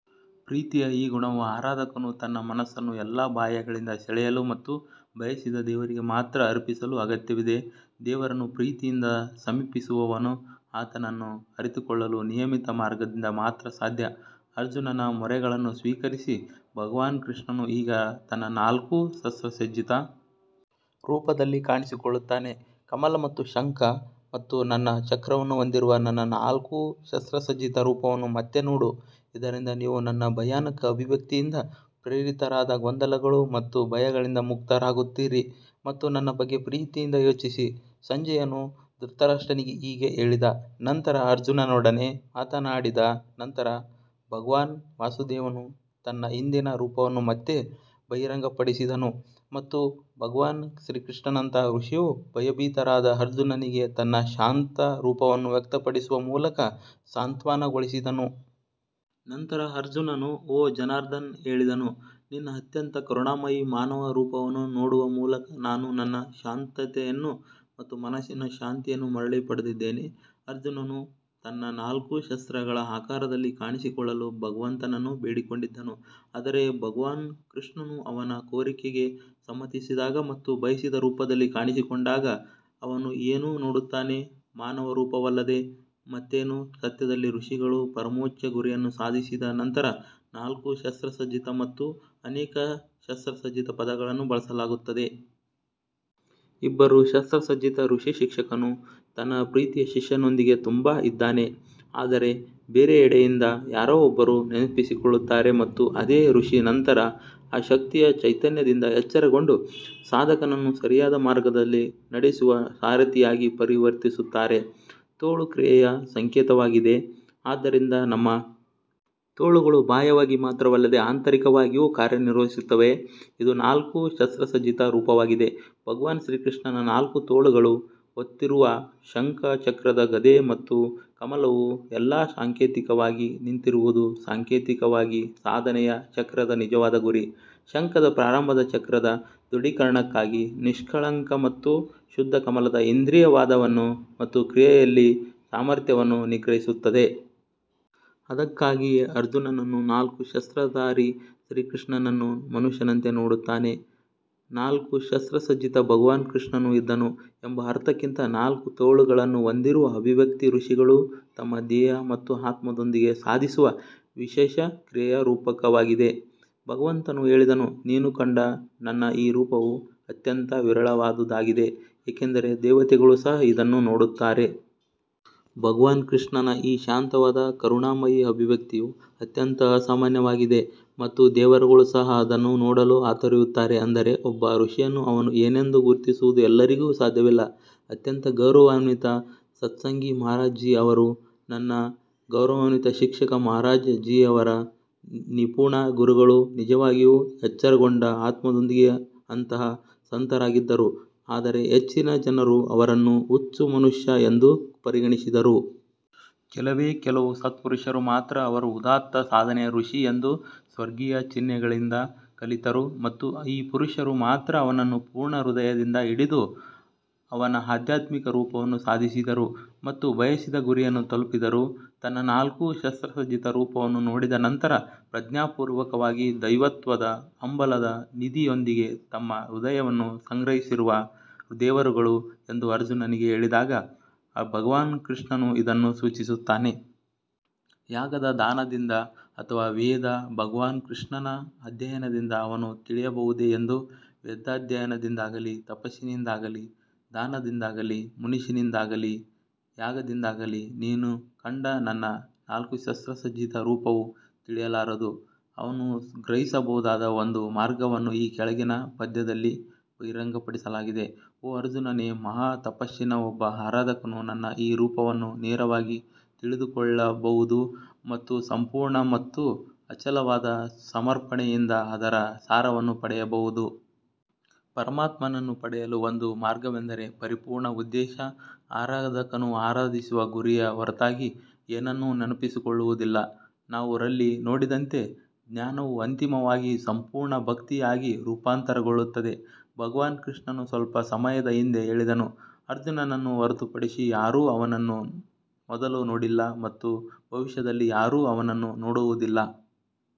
ಪ್ರೀತಿಯ ಈ ಗುಣವು ಆರಾಧಕನು ತನ್ನ ಮನಸ್ಸನ್ನು ಎಲ್ಲಾ ಬಾಹ್ಯಗಳಿಂದ ಸೆಳೆಯಲು ಮತ್ತು ಬಯಸಿದ ದೇವರಿಗೆ ಮಾತ್ರ ಅರ್ಪಿಸಲು ಅಗತ್ಯವಿದೆ ದೇವರನ್ನು ಪ್ರೀತಿಯಿಂದ ಸಮೀಪಿಸುವವನು ಆತನನ್ನು ಅರಿತುಕೊಳ್ಳಲು ನಿಯಮಿತ ಮಾರ್ಗದಿಂದ ಮಾತ್ರ ಸಾಧ್ಯ ಅರ್ಜುನನ ಮೊರೆಗಳನ್ನು ಸ್ವೀಕರಿಸಿ ಭಗವಾನ್ ಕೃಷ್ಣನು ಈಗ ತನ್ನ ನಾಲ್ಕು ಶಸ್ತ್ರಸಜ್ಜಿತ ರೂಪದಲ್ಲಿ ಕಾಣಿಸಿಕೊಳ್ಳುತ್ತಾನೆ ಕಮಲ ಮತ್ತು ಶಂಖ ಮತ್ತು ನನ್ನ ಚಕ್ರವನ್ನು ಹೊಂದಿರುವ ನನ್ನ ನಾಲ್ಕು ಶಸ್ತ್ರಸಜ್ಜಿತ ರೂಪವನ್ನು ಮತ್ತೆ ನೋಡು, ಇದರಿಂದ ನೀವು ನನ್ನ ಭಯಾನಕ ಅಭಿವ್ಯಕ್ತಿಯಿಂದ ಪ್ರೇರಿತರಾದ ಗೊಂದಲಗಳು ಮತ್ತು ಭಯಗಳಿಂದ ಮುಕ್ತರಾಗುತ್ತೀರಿ ಮತ್ತು ನನ್ನ ಬಗ್ಗೆ ಪ್ರೀತಿಯಿಂದ ಯೋಚಿಸಿ ಸಂಜಯನು ಧೃತರಾಷ್ಟ್ರನಿಗೆ ಹೀಗೆ ಹೇಳಿದ ನಂತರ ಅರ್ಜುನನೊಡನೆ ಮಾತನಾಡಿದ ನಂತರ ಭಗವಾನ್ ವಾಸುದೇವನು ತನ್ನ ಹಿಂದಿನ ರೂಪವನ್ನು ಮತ್ತೆ ಬಹಿರಂಗಪಡಿಸಿದನು ಮತ್ತು ಭಗವಾನ್ ಶ್ರೀಕೃಷ್ಣನಂತಹ ಋಷಿಯು ಭಯಭೀತರಾದ ಅರ್ಜುನನಿಗೆ ತನ್ನ ಶಾಂತ ರೂಪವನ್ನು ವ್ಯಕ್ತಪಡಿಸುವ ಮೂಲಕ ಸಾಂತ್ವನಗೊಳಿಸಿದನು. ನಂತರ ಅರ್ಜುನನು ಓ ಜನಾರ್ದನ್ ಹೇಳಿದನು, ನಿನ್ನ ಅತ್ಯಂತ ಕರುಣಾಮಯಿ ಮಾನವ ರೂಪವನ್ನು ನೋಡುವ ಮೂಲಕ ನಾನು ನನ್ನ ಶಾಂತತೆಯನ್ನು ಮತ್ತು ಮನಸ್ಸಿನ ಶಾಂತಿಯನ್ನು ಮರಳಿ ಪಡೆದಿದ್ದೇನೆ. ಅರ್ಜುನನು ತನ್ನ ನಾಲ್ಕು ಶಸ್ತ್ರಗಳ ಆಕಾರದಲ್ಲಿ ಕಾಣಿಸಿಕೊಳ್ಳಲು ಭಗವಂತನನ್ನು ಬೇಡಿಕೊಂಡಿದ್ದನು ಆದರೆ ಭಗವಾನ್ ಕೃಷ್ಣನು ಅವನ ಕೋರಿಕೆಗೆ ಸಮ್ಮತಿಸಿದಾಗ ಮತ್ತು ಬಯಸಿದ ರೂಪದಲ್ಲಿ ಕಾಣಿಸಿಕೊಂಡಾಗ ಅವನು ಏನು ನೋಡುತ್ತಾನೆ ಮಾನವ ರೂಪವಲ್ಲದೆ ಮತ್ತೇನು ಸತ್ಯದಲ್ಲಿ ಋಷಿಗಳು ಪರಮೋಚ್ಚ ಗುರಿಯನ್ನು ಸಾಧಿಸಿದ ನಂತರ ನಾಲ್ಕು ಶಸ್ತ್ರಸಜ್ಜಿತ ಮತ್ತು ಅನೇಕ ಶಸ್ತ್ರಸಜ್ಜಿತ ಪದಗಳನ್ನು ಬಳಸಲಾಗುತ್ತದೆ. ಇಬ್ಬರು ಶಸ್ತ್ರಸಜ್ಜಿತ ಋಷಿ ಶಿಕ್ಷಕನು ತನ್ನ ಪ್ರೀತಿಯ ಶಿಷ್ಯನೊಂದಿಗೆ ತುಂಬಾ ಇದ್ದಾನೆ ಆದರೆ ಬೇರೆಡೆಯಿಂದ ಯಾರೋ ಒಬ್ಬರು ನೆನಪಿಸಿಕೊಳ್ಳುತ್ತಾರೆ ಮತ್ತು ಅದೇ ಋಷಿ ನಂತರ ಆ ಶಕ್ತಿಯ ಚೈತನ್ಯದಿಂದ ಎಚ್ಚರಗೊಂಡು ಸಾಧಕನನ್ನು ಸರಿಯಾದ ಮಾರ್ಗದಲ್ಲಿ ನಡೆಸುವ ಸಾರಥಿಯಾಗಿ ಪರಿವರ್ತಿಸುತ್ತಾರೆ. ತೋಳು ಕ್ರಿಯೆಯ ಸಂಕೇತವಾಗಿದೆ ಆದ್ದರಿಂದ ನಮ್ಮ ತೋಳುಗಳು ಬಾಹ್ಯವಾಗಿ ಮಾತ್ರವಲ್ಲದೆ ಆಂತರಿಕವಾಗಿಯೂ ಕಾರ್ಯನಿರ್ವಹಿಸುತ್ತವೆ ಇದು ನಾಲ್ಕು ಶಸ್ತ್ರಸಜ್ಜಿತ ರೂಪವಾಗಿದೆ ಭಗವಾನ್ ಶ್ರೀಕೃಷ್ಣನ ನಾಲ್ಕು ತೋಳುಗಳು ಹೊತ್ತಿರುವ ಶಂಖ ಚಕ್ರದ ಗದೆ ಮತ್ತು ಕಮಲವು ಎಲ್ಲಾ ಸಾಂಕೇತಿಕವಾಗಿ ನಿಂತಿರುವುದು ಸಾಂಕೇತಿಕವಾಗಿ, ಸಾಧನೆಯ ಚಕ್ರದ ನಿಜವಾದ ಗುರಿ ಶಂಖದ ಪ್ರಾರಂಭದ ಚಕ್ರದ ದೃಢೀಕರಣಕ್ಕಾಗಿ ನಿಷ್ಕಳಂಕ ಮತ್ತು ಶುದ್ಧ ಕಮಲದ ಇಂದ್ರಿಯ ವಾದವನ್ನು ಮತ್ತು ಕ್ರಿಯೆಯಲ್ಲಿ ಸಾಮರ್ಥ್ಯವನ್ನು ನಿಗ್ರಹಿಸುತ್ತದೆ. ಅದಕ್ಕಾಗಿಯೇ ಅರ್ಜುನನು ನಾಲ್ಕು ಶಸ್ತ್ರಧಾರಿ ಶ್ರೀಕೃಷ್ಣನನ್ನು ಮನುಷ್ಯನಂತೆ ನೋಡುತ್ತಾನೆ ನಾಲ್ಕು ಶಸ್ತ್ರಸಜ್ಜಿತ ಭಗವಾನ್ ಕೃಷ್ಣನು ಇದ್ದನು ಎಂಬ ಅರ್ಥಕ್ಕಿಂತ ನಾಲ್ಕು ತೋಳುಗಳನ್ನು ಹೊಂದಿರುವ ಅಭಿವ್ಯಕ್ತಿ ಋಷಿಗಳು ತಮ್ಮ ದೇಹ ಮತ್ತು ಆತ್ಮದೊಂದಿಗೆ ಸಾಧಿಸುವ ವಿಶೇಷ ಕ್ರಿಯೆಯ ರೂಪಕವಾಗಿದೆ. ಭಗವಂತನು ಹೇಳಿದನು ನೀನು ಕಂಡ ನನ್ನ ಈ ರೂಪವು ಅತ್ಯಂತ ವಿರಳವಾದುದಾಗಿದೆ ಏಕೆಂದರೆ ದೇವತೆಗಳೂ ಸಹ ಇದನ್ನು ನೋಡುತ್ತಾರೆ. ಭಗವಾನ್ ಕೃಷ್ಣನ ಈ ಶಾಂತವಾದ ಕರುಣಾಮಯಿ ಅಭಿವ್ಯಕ್ತಿಯು ಅತ್ಯಂತ ಅಸಾಮಾನ್ಯವಾಗಿದೆ ಮತ್ತು ದೇವರುಗಳು ಸಹ ಅದನ್ನು ನೋಡಲು ಹಾತೊರೆಯುತ್ತಾರೆ ಅಂದರೆ ಒಬ್ಬ ಋಷಿಯನ್ನು ಅವನು ಏನೆಂದು ಗುರುತಿಸುವುದು ಎಲ್ಲರಿಗೂ ಸಾಧ್ಯವಿಲ್ಲ ಅತ್ಯಂತ ಗೌರವಾನ್ವಿತ ಸತ್ಸಂಗಿ ಮಹಾರಾಜ್ ಜೀ ಅವರು ನನ್ನ ಗೌರವಾನ್ವಿತ ಶಿಕ್ಷಕ ಮಹಾರಾಜ್ ಜಿಯವರ ನಿಪುಣ ಗುರುಗಳು ನಿಜವಾಗಿಯೂ ಎಚ್ಚರಗೊಂಡ ಆತ್ಮದೊಂದಿಗೆ ಅಂತಹ ಸಂತರಾಗಿದ್ದರು ಆದರೆ ಹೆಚ್ಚಿನ ಜನರು ಅವರನ್ನು ಹುಚ್ಚು ಮನುಷ್ಯ ಎಂದು ಪರಿಗಣಿಸಿದರು. ಕೆಲವೇ ಕೆಲವು ಸತ್ಪುರುಷರು ಮಾತ್ರ ಅವರು ಉದಾತ್ತ ಸಾಧನೆಯ ಋಷಿ ಎಂದು ಸ್ವರ್ಗೀಯ ಚಿಹ್ನೆಗಳಿಂದ ಕಲಿತರು ಮತ್ತು ಈ ಪುರುಷರು ಮಾತ್ರ ಅವನನ್ನು ಪೂರ್ಣ ಹೃದಯದಿಂದ ಹಿಡಿದು ಅವನ ಆಧ್ಯಾತ್ಮಿಕ ರೂಪವನ್ನು ಸಾಧಿಸಿದರು ಮತ್ತು ಬಯಸಿದ ಗುರಿಯನ್ನು ತಲುಪಿದರು. ತನ್ನ ನಾಲ್ಕು ಶಸ್ತ್ರಸಜ್ಜಿತ ರೂಪವನ್ನು ನೋಡಿದ ನಂತರ ಪ್ರಜ್ಞಾಪೂರ್ವಕವಾಗಿ ದೈವತ್ವದ ಹಂಬಲದ ನಿಧಿಯೊಂದಿಗೆ ತಮ್ಮ ಹೃದಯವನ್ನು ಸಂಗ್ರಹಿಸಿರುವ ದೇವರುಗಳು ಎಂದು ಅರ್ಜುನನಿಗೆ ಹೇಳಿದಾಗ ಭಗವಾನ್ ಕೃಷ್ಣನು ಇದನ್ನು ಸೂಚಿಸುತ್ತಾನೆ. ಯಾಗದ ದಾನದಿಂದ ಅಥವಾ ವೇದ ಭಗವಾನ್ ಕೃಷ್ಣನ ಅಧ್ಯಯನದಿಂದ ಅವನು ತಿಳಿಯಬಹುದೇ ಎಂದು ವೇದಾಧ್ಯಯನದಿಂದಾಗಲಿ, ತಪಸ್ಸಿನಿಂದಾಗಲಿ, ದಾನದಿಂದಾಗಲಿ, ಮುನಿಸಿನಿಂದಾಗಲಿ, ಯಾಗದಿಂದಾಗಲಿ, ನೀನು ಕಂಡ ನನ್ನ ನಾಲ್ಕು ಶಸ್ತ್ರಸಜ್ಜಿತ ರೂಪವು ತಿಳಿಯಲಾರದು. ಅವನು ಗ್ರಹಿಸಬಹುದಾದ ಒಂದು ಮಾರ್ಗವನ್ನು ಈ ಕೆಳಗಿನ ಪದ್ಯದಲ್ಲಿ ಬಹಿರಂಗಪಡಿಸಲಾಗಿದೆ ಓ ಅರ್ಜುನನೇ, ಮಹಾ ತಪಸ್ಸಿನ ಒಬ್ಬ ಆರಾಧಕನು ನನ್ನ ಈ ರೂಪವನ್ನು ನೇರವಾಗಿ ತಿಳಿದುಕೊಳ್ಳಬಹುದು ಮತ್ತು ಸಂಪೂರ್ಣ ಮತ್ತು ಅಚಲವಾದ ಸಮರ್ಪಣೆಯಿಂದ ಅದರ ಸಾರವನ್ನು ಪಡೆಯಬಹುದು. ಪರಮಾತ್ಮನನ್ನು ಪಡೆಯಲು ಒಂದು ಮಾರ್ಗವೆಂದರೆ ಪರಿಪೂರ್ಣ ಉದ್ದೇಶ, ಆರಾಧಕನು ಆರಾಧಿಸುವ ಗುರಿಯ ಹೊರತಾಗಿ ಏನನ್ನೂ ನೆನಪಿಸಿಕೊಳ್ಳುವುದಿಲ್ಲ ನಾವು ರಲ್ಲಿ ನೋಡಿದಂತೆ ಜ್ಞಾನವೂ ಅಂತಿಮವಾಗಿ ಸಂಪೂರ್ಣ ಭಕ್ತಿಯಾಗಿ ರೂಪಾಂತರಗೊಳ್ಳುತ್ತದೆ ಭಗವಾನ್ ಕೃಷ್ಣನು ಸ್ವಲ್ಪ ಸಮಯದ ಹಿಂದೆ ಹೇಳಿದನು, ಅರ್ಜುನನನ್ನು ಹೊರತುಪಡಿಸಿ ಯಾರೂ ಅವನನ್ನು ಮೊದಲು ನೋಡಿಲ್ಲ ಮತ್ತು ಭವಿಷ್ಯದಲ್ಲಿ ಯಾರೂ ಅವನನ್ನು ನೋಡುವುದಿಲ್ಲ.